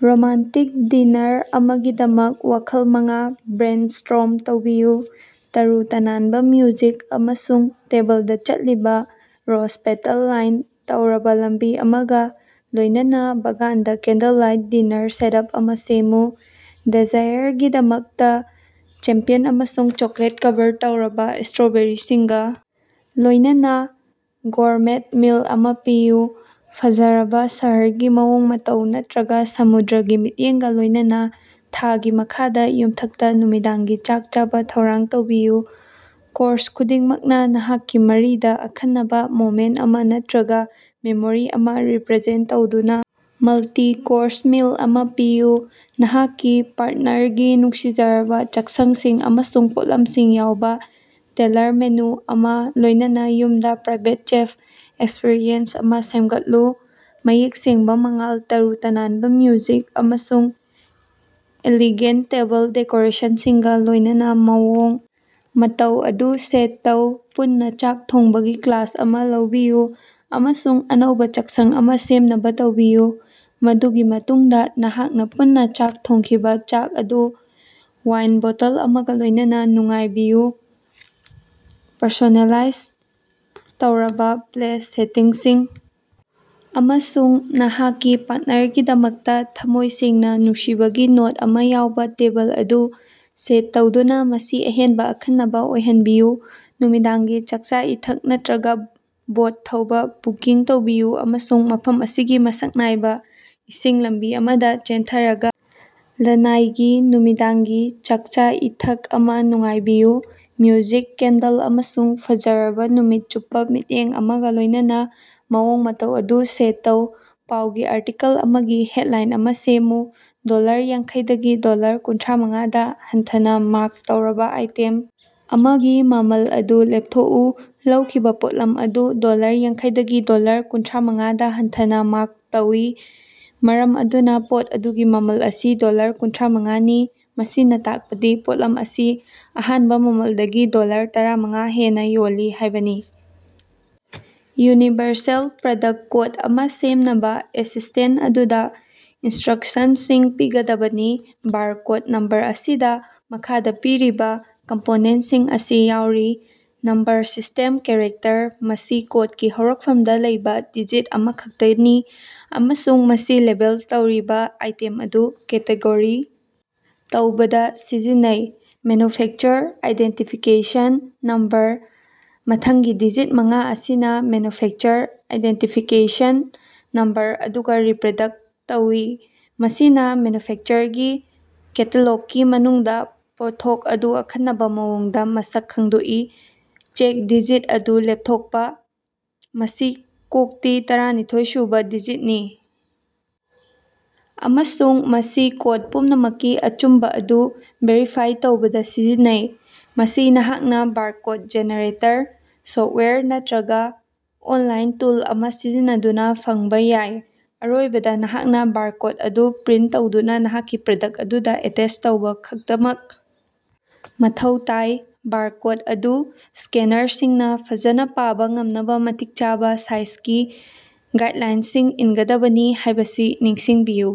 Romantic dinner ꯑꯃꯒꯤꯗꯃꯛ ꯋꯥꯈꯜꯂꯣꯟ ꯃꯉꯥ ꯕ꯭ꯔꯦꯟꯁ꯭ꯇꯣꯔꯝ ꯇꯧꯕꯤꯌꯨ꯫ ꯇꯔꯨ ꯇꯅꯥꯟꯕꯥ ꯃ꯭ꯌꯨꯖꯤꯛ ꯑꯃꯁꯨꯡ ꯇꯦꯕꯜꯗꯥ ꯆꯠꯂꯤꯕꯥ ꯔꯣꯖ-ꯄꯦꯇꯜ ꯂꯥꯏꯟ ꯇꯧꯔꯕꯥ ꯂꯝꯕꯤ ꯑꯃꯒꯥ ꯂꯣꯏꯅꯅꯥ ꯕꯥꯒꯥꯟꯗꯥ ꯀꯦꯟꯗꯜ ꯂꯥꯏꯠ ꯗꯤꯅꯥꯔ ꯁꯦꯠꯑꯞ ꯑꯃꯥ ꯁꯦꯝꯃꯨ꯫ ꯗꯦꯖꯤꯌꯔꯒꯤꯗꯃꯛꯇꯥ ꯆꯦꯝꯄꯤꯌꯟ ꯑꯃꯁꯨꯡ ꯆꯣꯀꯣꯂꯦꯠ ꯀꯚꯔ ꯇꯧꯔꯕꯥ ꯏꯁꯇ꯭ꯔꯣꯕꯦꯔꯤꯁꯤꯡꯒꯥ ꯂꯣꯏꯅꯅꯥ ꯒꯣꯔꯃꯦꯠ ꯃꯤꯜ ꯑꯃꯥ ꯄꯤꯌꯨ꯫ ꯐꯖꯔꯕꯥ ꯁꯍꯔꯒꯤ ꯃꯑꯣꯡ ꯃꯇꯧ ꯅꯠꯇ꯭ꯔꯒꯥ ꯁꯃꯨꯗ꯭ꯔꯒꯤ ꯃꯤꯠꯌꯦꯡꯒꯥ ꯂꯣꯏꯅꯅꯥ ꯊꯥꯒꯤ ꯃꯈꯥꯗꯥ ꯌꯨꯝꯊꯛꯇꯥ ꯅꯨꯃꯤꯗꯥꯡꯒꯤ ꯆꯥꯛ ꯆꯥꯕꯥ ꯊꯧꯔꯥꯡ ꯇꯧꯕꯤꯌꯨ꯫ ꯀꯣꯔꯁ ꯈꯨꯗꯤꯡꯃꯛꯅꯥ ꯅꯍꯥꯛꯀꯤ ꯃꯔꯤꯗꯥ ꯑꯈꯟꯅꯕꯥ ꯃꯣꯃꯦꯟꯇ ꯑꯃꯥ ꯅꯠꯇꯔꯒꯥ ꯃꯦꯃꯣꯔꯤ ꯑꯃꯥ ꯔꯤꯄ꯭ꯔꯖꯦꯟꯇ ꯇꯧꯗꯨꯅꯥ ꯃꯜꯇꯤ-ꯀꯣꯔꯁ ꯃꯤꯜ ꯑꯃꯥ ꯄꯤꯌꯨ꯫ ꯅꯍꯥꯛꯀꯤ ꯄꯥꯔꯠꯅꯔꯒꯤ ꯅꯨꯡꯁꯤꯖꯔꯕꯥ ꯆꯥꯛꯁꯪꯁꯤꯡ ꯑꯃꯁꯨꯡ ꯄꯣꯠꯂꯝꯁꯤꯡ ꯌꯥꯎꯕꯥ ꯇꯦꯜꯂꯔ ꯃꯦꯅꯨ ꯑꯃꯒꯥ ꯂꯣꯏꯅꯅꯥ ꯌꯨꯝꯗꯥ ꯄ꯭ꯔꯥꯏꯕꯦꯠ ꯆꯦꯐ ꯑꯦꯛꯁꯄꯤꯔꯤꯑꯦꯟꯁ ꯑꯃꯥ ꯁꯦꯝꯒꯠꯂꯨ꯫ ꯃꯌꯦꯛ ꯁꯦꯡꯕꯥ ꯃꯉꯥꯜ, ꯇꯔꯨ ꯇꯅꯥꯟꯕꯥ ꯃ꯭ꯌꯨꯖꯤꯛ ꯑꯃꯁꯨꯡ ꯏꯂꯤꯒꯦꯟꯇ ꯇꯦꯕꯜ ꯗꯦꯀꯣꯔꯦꯁꯟꯁꯤꯡꯒꯥ ꯂꯣꯏꯅꯅꯥ ꯃꯑꯣꯡ ꯃꯇꯧ ꯑꯗꯨ ꯁꯦꯠ ꯇꯧ꯫ ꯄꯨꯟꯅꯥ ꯆꯥꯛ ꯊꯣꯡꯕꯒꯤ ꯀ꯭ꯂꯥꯁ ꯑꯃꯥ ꯂꯧꯕꯤꯌꯨ ꯑꯃꯁꯨꯡ ꯑꯅꯧꯕꯥ ꯆꯥꯛꯁꯪ ꯑꯃꯥ ꯁꯦꯝꯅꯕꯥ ꯇꯝꯕꯤꯌꯨ, ꯃꯗꯨꯒꯤ ꯃꯇꯨꯡꯗꯥ ꯅꯍꯥꯛꯅꯥ ꯄꯨꯟꯅꯥ ꯆꯥꯛ ꯊꯣꯡꯈꯤꯕꯥ ꯆꯥꯛ ꯑꯗꯨ ꯋꯥꯏꯟ ꯕꯣꯇꯜ ꯑꯃꯒꯥ ꯂꯣꯏꯅꯅꯥ ꯅꯨꯡꯉꯥꯏꯕꯤꯌꯨ꯫ ꯄꯔꯁꯣꯅꯦꯂꯥꯏꯖ ꯇꯧꯔꯕꯥ ꯄ꯭ꯂꯦꯁ ꯁꯦꯇꯤꯡꯁꯤꯡ ꯑꯃꯁꯨꯡ ꯅꯍꯥꯛꯀꯤ ꯄꯥꯔꯠꯅꯔꯒꯤꯗꯃꯛꯇꯥ ꯊꯝꯃꯣꯏ ꯁꯦꯡꯅꯥ ꯅꯨꯡꯁꯤꯕꯒꯤ ꯅꯣꯠ ꯑꯃꯥ ꯌꯥꯎꯕꯥ ꯇꯦꯕꯜ ꯑꯗꯨ ꯁꯦꯠ ꯇꯧꯗꯨꯅꯥ ꯃꯁꯤ ꯑꯍꯦꯟꯕꯥ ꯑꯈꯟꯅꯕꯥ ꯑꯣꯏꯍꯟꯕꯤꯌꯨ꯫ ꯅꯨꯃꯤꯗꯥꯡꯒꯤ ꯆꯥꯛꯆꯥ-ꯏꯊꯛ ꯅꯠꯇ꯭ꯔꯒꯥ ꯕꯣꯠ ꯊꯧꯕꯥ ꯕꯨꯀꯤꯡ ꯇꯧꯕꯤꯌꯨ ꯑꯃꯁꯨꯡ ꯃꯐꯝ ꯑꯁꯤꯒꯤ ꯃꯁꯛ ꯅꯥꯏꯕꯥ ꯏꯁꯤꯡ ꯂꯝꯕꯤ ꯑꯃꯗꯥ ꯆꯦꯟꯊꯔꯒꯥ ꯂꯅꯥꯏꯒꯤ ꯅꯨꯃꯤꯗꯥꯡꯒꯤ ꯆꯥꯛꯆꯥ-ꯏꯊꯛ ꯑꯃꯥ ꯅꯨꯡꯉꯥꯏꯕꯤꯌꯨ꯫ ꯃ꯭ꯌꯨꯖꯤꯛ, ꯀꯦꯟꯗꯜ ꯑꯃꯁꯨꯡ ꯐꯖꯔꯕꯥ ꯅꯨꯃꯤꯠ ꯆꯨꯞꯄꯥ ꯃꯤꯠꯌꯦꯡ ꯑꯃꯒꯥ ꯂꯣꯏꯅꯅꯥ ꯃꯑꯣꯡ ꯃꯇꯧ ꯑꯗꯨ ꯁꯦꯠ ꯇꯧ꯫ ꯄꯥꯎꯒꯤ ꯑꯥꯔꯇꯤꯀꯜ ꯑꯃꯒꯤ ꯍꯦꯠꯂꯥꯏꯟ ꯑꯃꯥ ꯁꯦꯝꯃꯨ꯫ ꯗꯣꯂꯔ ꯌꯥꯡꯈꯩꯗꯒꯤ ꯗꯣꯂꯔ ꯀꯨꯟꯊ꯭ꯔꯥꯃꯉꯥꯗꯥ ꯍꯟꯊꯅꯥ ꯃꯥꯛ ꯇꯧꯔꯕꯥ ꯑꯥꯏꯇꯦꯝ ꯑꯃꯒꯤ ꯃꯃꯜ ꯑꯗꯨ ꯂꯦꯞꯊꯣꯛꯎ꯫ ꯂꯧꯈꯤꯕꯥ ꯄꯣꯠꯂꯝ ꯑꯗꯨ ꯗꯣꯂꯔ ꯌꯥꯡꯈꯩꯗꯒꯤ ꯗꯣꯂꯔ ꯀꯨꯟꯊ꯭ꯔꯥꯃꯉꯥꯗꯥ ꯍꯟꯊꯅꯥ ꯃꯥꯔꯛ ꯇꯧꯏ, ꯃꯔꯝ ꯑꯗꯨꯅꯥ ꯄꯣꯠ ꯑꯗꯨꯒꯤ ꯃꯃꯜ ꯑꯁꯤ ꯗꯣꯂꯔ ꯀꯨꯟꯊ꯭ꯔꯥꯃꯉꯥꯅꯤ꯫ ꯃꯁꯤꯅꯥ ꯇꯥꯛꯄꯗꯤ ꯄꯣꯠꯂꯝ ꯑꯁꯤ ꯑꯍꯥꯟꯕꯥ ꯃꯃꯜꯗꯒꯤ ꯗꯣꯂꯔ ꯇꯔꯥꯃꯉꯥ ꯍꯦꯟꯅꯥ ꯌꯣꯜꯂꯤ ꯍꯥꯏꯕꯅꯤ꯫ ꯌꯨꯅꯤꯚꯔꯁꯦꯜ ꯄ꯭ꯔꯗꯛꯇ ꯀꯣꯠ ꯑꯃꯥ ꯁꯦꯝꯅꯕꯥ ꯑꯦꯁꯤꯁꯇꯦꯟꯇ ꯑꯗꯨꯗꯥ ꯏꯟꯁꯇ꯭ꯔꯛꯁꯟꯁꯤꯡ ꯄꯤꯒꯗꯕꯅꯤ꯫ ꯕꯥꯔꯀꯣꯠ ꯅꯝꯕꯔ ꯑꯁꯤꯗ ꯃꯈꯥꯗꯥ ꯄꯤꯔꯤꯕꯥ ꯀꯝꯄꯣꯅꯦꯟꯁꯤꯡ ꯑꯁꯤ ꯌꯥꯎꯔꯤ꯫ ꯅꯝꯕꯔ ꯁꯤꯁ꯭ꯇꯦꯝ ꯀꯦꯔꯦꯛꯇꯔ: ꯃꯁꯤ ꯀꯣꯠꯀꯤ ꯍꯧꯔꯛꯐꯝꯗꯥ ꯂꯩꯕꯥ ꯗꯤꯖꯤꯠ ꯑꯃꯈꯛꯇꯅꯤ ꯑꯃꯁꯨꯡ ꯃꯁꯤ ꯂꯦꯕꯦꯜ ꯇꯧꯔꯤꯕꯥ ꯑꯥꯏꯇꯦꯝ ꯑꯗꯨ ꯀꯦꯇꯦꯒꯣꯔꯤ ꯇꯧꯕꯗꯥ ꯁꯤꯖꯤꯟꯅꯩ꯫ ꯃꯦꯟꯅꯨꯐꯦꯛꯆꯔ ꯑꯥꯏꯗꯦꯟꯇꯤꯐꯤꯀꯦꯁꯟ ꯅꯝꯕꯔ: ꯃꯊꯪꯒꯤ ꯗꯤꯖꯤꯠ ꯃꯉꯥ ꯑꯁꯤꯅꯥ ꯃꯦꯟꯅꯨꯐꯦꯛꯆꯔ ꯑꯥꯏꯗꯦꯟꯇꯤꯐꯤꯀꯦꯁꯟ ꯅꯝꯕꯔ ꯑꯗꯨ ꯔꯤꯄ꯭ꯔꯗꯛ ꯇꯧꯏ꯫ ꯃꯁꯤꯅꯥ ꯃꯦꯟꯅꯨꯐꯦꯛꯆꯔꯒꯤ ꯀꯦꯇꯥꯂꯣꯛꯀꯤ ꯃꯅꯨꯡꯗꯥ ꯄꯣꯠꯊꯣꯛ ꯑꯗꯨ ꯑꯈꯟꯅꯕꯥ ꯃꯑꯣꯡꯗꯥ ꯃꯁꯛ ꯈꯪꯗꯣꯛꯏ꯫ ꯆꯦꯛ ꯗꯤꯖꯤꯠ ꯑꯗꯨ ꯂꯦꯞꯊꯣꯛꯄꯥ: ꯃꯁꯤ ꯀꯣꯛꯀꯤ ꯇꯔꯥꯅꯤꯊꯣꯏꯁꯨꯕꯥ ꯗꯤꯖꯤꯠꯅꯤ ꯑꯃꯁꯨꯡ ꯃꯁꯤ ꯀꯣꯠ ꯄꯨꯝꯅꯃꯛꯀꯤ ꯑꯆꯨꯝꯕꯥ ꯑꯗꯨ ꯚꯦꯔꯤꯐꯥꯏ ꯇꯧꯕꯗꯥ ꯁꯤꯖꯤꯟꯅꯩ꯫ ꯃꯁꯤ ꯅꯍꯥꯛꯅꯥ ꯕꯥꯔꯀꯣꯠ ꯖꯦꯅꯦꯔꯦꯇꯔ ꯁꯣꯞꯋꯥꯌꯔ ꯅꯠꯇ꯭ꯔꯒꯥ ꯑꯣꯟꯂꯥꯏꯟ ꯇꯨꯜ ꯑꯃꯥ ꯁꯤꯖꯤꯟꯅꯗꯨꯅꯥ ꯐꯪꯕꯥ ꯌꯥꯏ꯫ ꯑꯔꯣꯏꯕꯗꯥ, ꯅꯍꯥꯛꯅꯥ ꯕꯥꯔꯀꯣꯠ ꯑꯗꯨ ꯄ꯭ꯔꯤꯟ ꯇꯧꯗꯨꯅꯥ ꯅꯍꯥꯛꯀꯤ ꯄ꯭ꯔꯗꯛ ꯑꯗꯨꯗꯥ ꯑꯦꯇꯦꯁ ꯇꯧꯕꯥ ꯈꯛꯇꯃꯛ ꯃꯊꯧ ꯇꯥꯏ꯫ ꯕꯥꯔꯀꯣꯠ ꯑꯗꯨ ꯁ꯭ꯀꯦꯅꯔꯁꯤꯡꯅꯥ ꯐꯖꯅꯥ ꯄꯥꯕꯥ ꯉꯝꯅꯕꯥ ꯃꯇꯤꯛ ꯆꯥꯕꯥ ꯁꯥꯏꯖꯒꯤ ꯒꯥꯏꯠꯂꯥꯏꯟꯁꯤꯡ ꯏꯟꯒꯗꯕꯅꯤ ꯍꯥꯏꯕꯁꯤ ꯅꯤꯡꯁꯤꯡꯕꯤꯌꯨ꯫